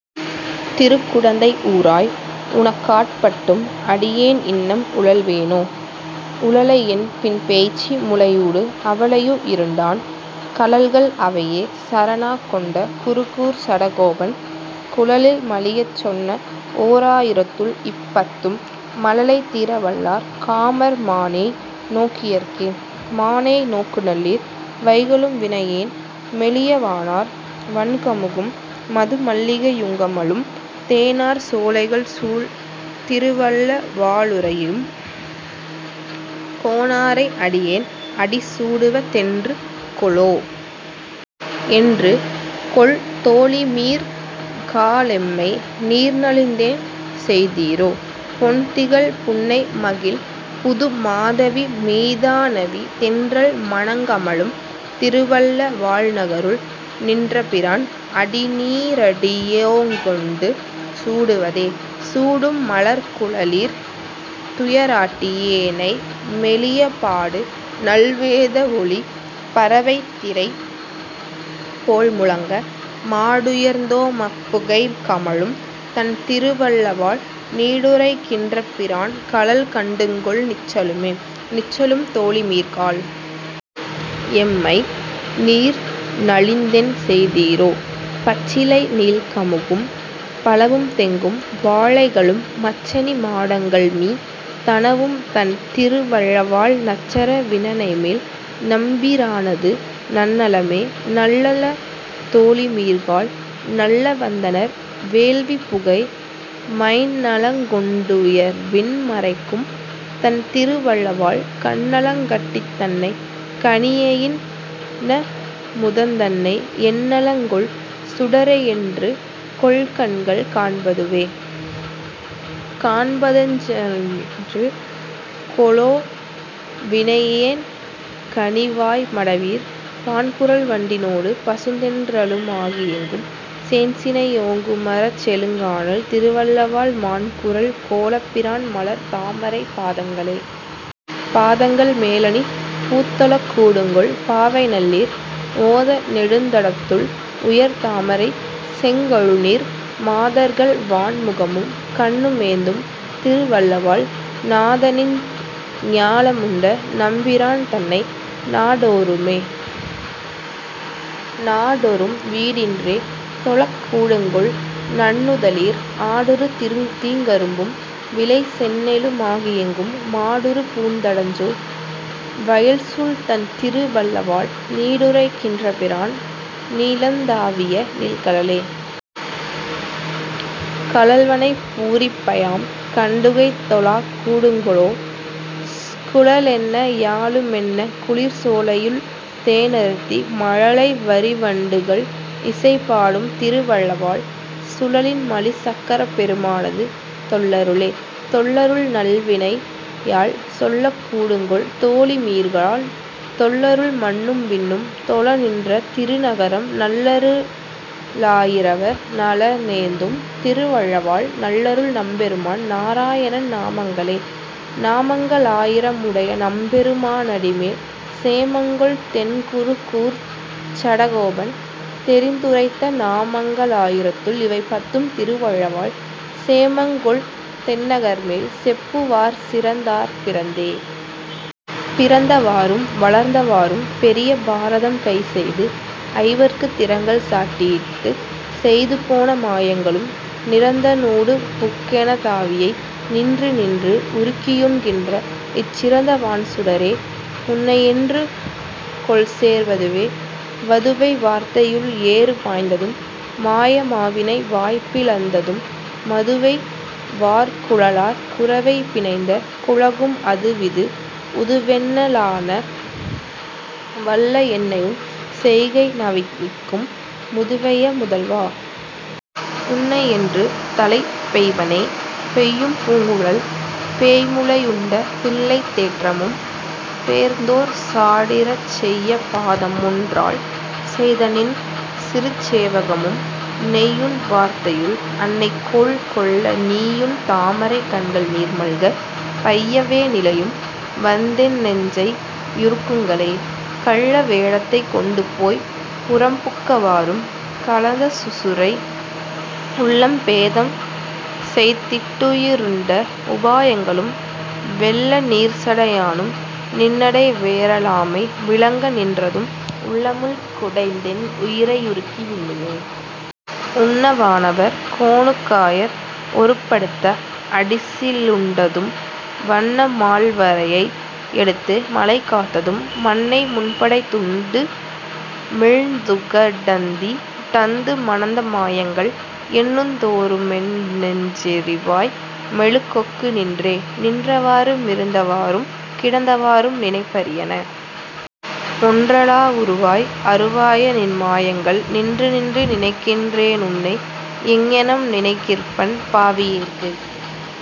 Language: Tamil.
திருக்குடந்தை ஊராய். உனக்காட்பட்டும் அடியேன் இன்னம் உழல்வேனோ? உழலை யென்பின் பேய்ச்சி முலையூடு அவளை யுயிருண்டான், கழல்கள் அவையே சரணாக் கொண்ட குருகூர்ச் சடகோபன், குழலில் மலியச் சொன்ன ஓராயிரத்துள் இப்பத்தும் மழலை தீர வல்லார் காமர் மானேய் நோக்கியர்க்கே. மானேய் நோக்குநல்லீர். வைகலும்வினை யேன்மெலிய, வானார் வண்கமுகும் மதுமல்லிகை யுங்கமழும், தேனார் சோலைகள்சூழ் திருவல்ல வாழுறையும் கோனா ரை, அடியேண் அடிகூடுவ தென்றுகொலோ?. என்றுகொல் தோழிமீர்காளெம்மைநீர்நலிந் தென்செய்தீரோ? பொன்திகழ் புன்னைமகிழ் புதுமாதவி மீதணவி, தென்றல் மணங்கமழும் திருவல்ல வாழ்நகருள் நின்றபி ரான், அடிநீ றடியோங்கொண்டு சூடுவதே?. சூடும் மலர்க்குழலீர். துயராட்டியே னைமெலிய, பாடுநல் வேதவொலி பரவைத்திரை போல்முழங்க, மாடுயர்ந் தோமப்புகை கமழும்தண் திருவல்லவாழ் நீடுறை கின்றபிரான் கழல்கண்டுங்கொல் நிச்சலுமே?. நிச்சலும் தோழிமீர்காள். எம்மைநீர்நலிந் தென்செய்தீரோ? பச்சிலை நீள்கமுகும் பலவும்தெங்கும் வாழைகளும், மச்சணி மாடங்கள்மீ தணவும்தண் திருவல்லவாழ் நச்சர வினணைமேல் நம்பிரானது நன்னலமே.. நன்னலத் தோழிமீர்காள். நல்லவந்தணர் வேள்விப்புகை, மைந்நலங் கொண்டுயர்விண் மறைக்கும்தண் திருவல்லவாழ், கன்னலங் கட்டிதன்னைக் கனியையின் னமுதந்தன்னை, என்னலங் கொள்சுடரை என்றுகொல்கண்கள் காண்பதுவே?. காண்பதெஞ் ஞான்றுகொலொ வினையேன்கனி வாய்மடவீர், பாண்குரல் வண்டினோடு பசுந்தென்றலு மாகியெங்கும், சேண்சினை யோங்குமரச் செழுங்கானல் திருவல்லவாழ், மாண்குறள் கோலப்பிரான் மலர்த்தாமரைப் பாதங்களே?. பாதங்கள் மேலணிபூத் தொழக்கூடுங்கொல் பாவைநல்லீர், ஓதநெ டுந்தடத்துள் உயர்தாமரை செங்கழுநீர், மாதர்கள் வாண்முகமும் கண்ணுமேந்தும் திருவல்லவாழ், நாதனிஞ் ஞாலமுண்ட நம்பிரான்தன்னை நாடோ றுமே?. நாடொறும் வீடின்றியே தொழக்கூடுங்கொல் நன்னுதலீர், ஆடுறு தீங்கரும்பும் விளைசெந்நெலு மாகியெங்கும், மாடுறு பூந்தடஞ்சேர் வயல்சூழ்தண் திருவல்லவாழ், நீடுறை கின்றபிரான் நிலந்தாவிய நீள்கழலே?. கழல்வளை பூரிப்பயாம் கண்டுகைதொழக் கூடுங்கொலோ, குழலென்ன யாழுமென்னக் குளிர்சோலையுள் தேனருந்தி, மழலை வரிவண்டுகள் இசைபாடும் திருவல்லவாழ், சுழலின் மலிசக்கரப் பெருமானது தொல்லருளே?. தொல்லருள் நல்வினையால் சொல்லக்கூடுங்கொல் தோழிமீர்காள், தொல்லருள் மண்ணும்விண்ணும் தொழநின்ற திருநகரம், நல்லரு ளாயிரவர் நலனேந்தும் திருவல்லவாழ், நல்லருள் நம்பெருமான் நாராயணன் நாமங்களே? நாமங்க ளாயிர முடையநம்பெரு மானடிமேல், சேமங்கொள் தென்குருகூர்ச்சடகோபன் தெரிந்துரைத்த, நாமங்க ளாயிரத்துள் இவைபத்தும் திருவல்லவாழ், சேமங்கொள் தென்னகர்மேல் செப்புவார்சிறந் தார்பிறந்தே. பிறந்த வாறும் வளர்ந்த வாறும் பெரிய பாரதம் கைசெய்து, ஐவர்க்குத் திறங்கள் சாட்டி யிட்டுச் செய்து போன மாயங்களும், நிறந்த னூடுபுக் கெனதாவியை நின்றுநின்று உருக்கி யுண்கின்ற, இச் சிறந்த வான்சுட ரே. உன்னை யென்றுகொல் சேர்வதுவே.. வதுவை வார்த்தையுள் ஏறு பாய்ந்ததும் மாய மாவினை வாய்பி ளந்ததும் மதுவைவார் குழலார் குரவை பிணைந்த குழகும், அதுவிது உதுவென்ன லாவன வல்ல என்னையுன் செய்கை நைவிக்கும், முதுவைய முதல்வா. உன்னை யென்று தலைப் பெய்வனே?. பெய்யும் பூங்குழல் பேய்முலை யுண்ட பிள்ளைத் தேற்றமும், பேர்ந்தோர் சாடிறச் செய்ய பாதமொன் றால்செய்த நின்சிறுச் சேவகமும், நெய்யுண் வார்த்தையுள், அன்னை கோல்கொள்ள நீயுன் தாமரைக் கண்கள் நீர்மல்க, பையவே நிலையும் வந்தென் னெஞ்சை யுருக்குங்களே.. கள்ள வேடத்தைக் கொண்டுபோய்ப் புறம்புக்க வாறும், கலந்தசுரரை உள்ளம் பேதம்செய் திட்டுயி ருண்ட உபாயங்களும், வெள்ள நீர்ச்சடை யானும் நின்னிடை வேறலாமை விளங்க நின்றதும், உள்ளமுள் குடைந்தென் உயிரை யுருக்கி யுண்ணுமே.. உண்ண வானவர் கோனுக் காயர் ஒருப்ப டுத்த அடிசி லுண்டதும், வண்ணமால் வரையை யெடுத்து மழைகாத்ததும், மண்ணை முன்படைத் துண்டு மிழ்ந்துக டந்தி டந்து மணந்த மாயங்கள், எண்ணுந் தோறுமென் னெஞ்செரி வாய் மெழு கொக்குநின்றே.. நின்ற வாறு மிருந்த வாறும் கிடந்த வாறும் நினைப்பரியன ஒன்றலா வுருவாய் அருவாயநின் மாயங்கள், நின்று நின்று நினைக்கின் றேனுன்னை எங்ங னம்நினை கிற்பன், பாவியேற்கு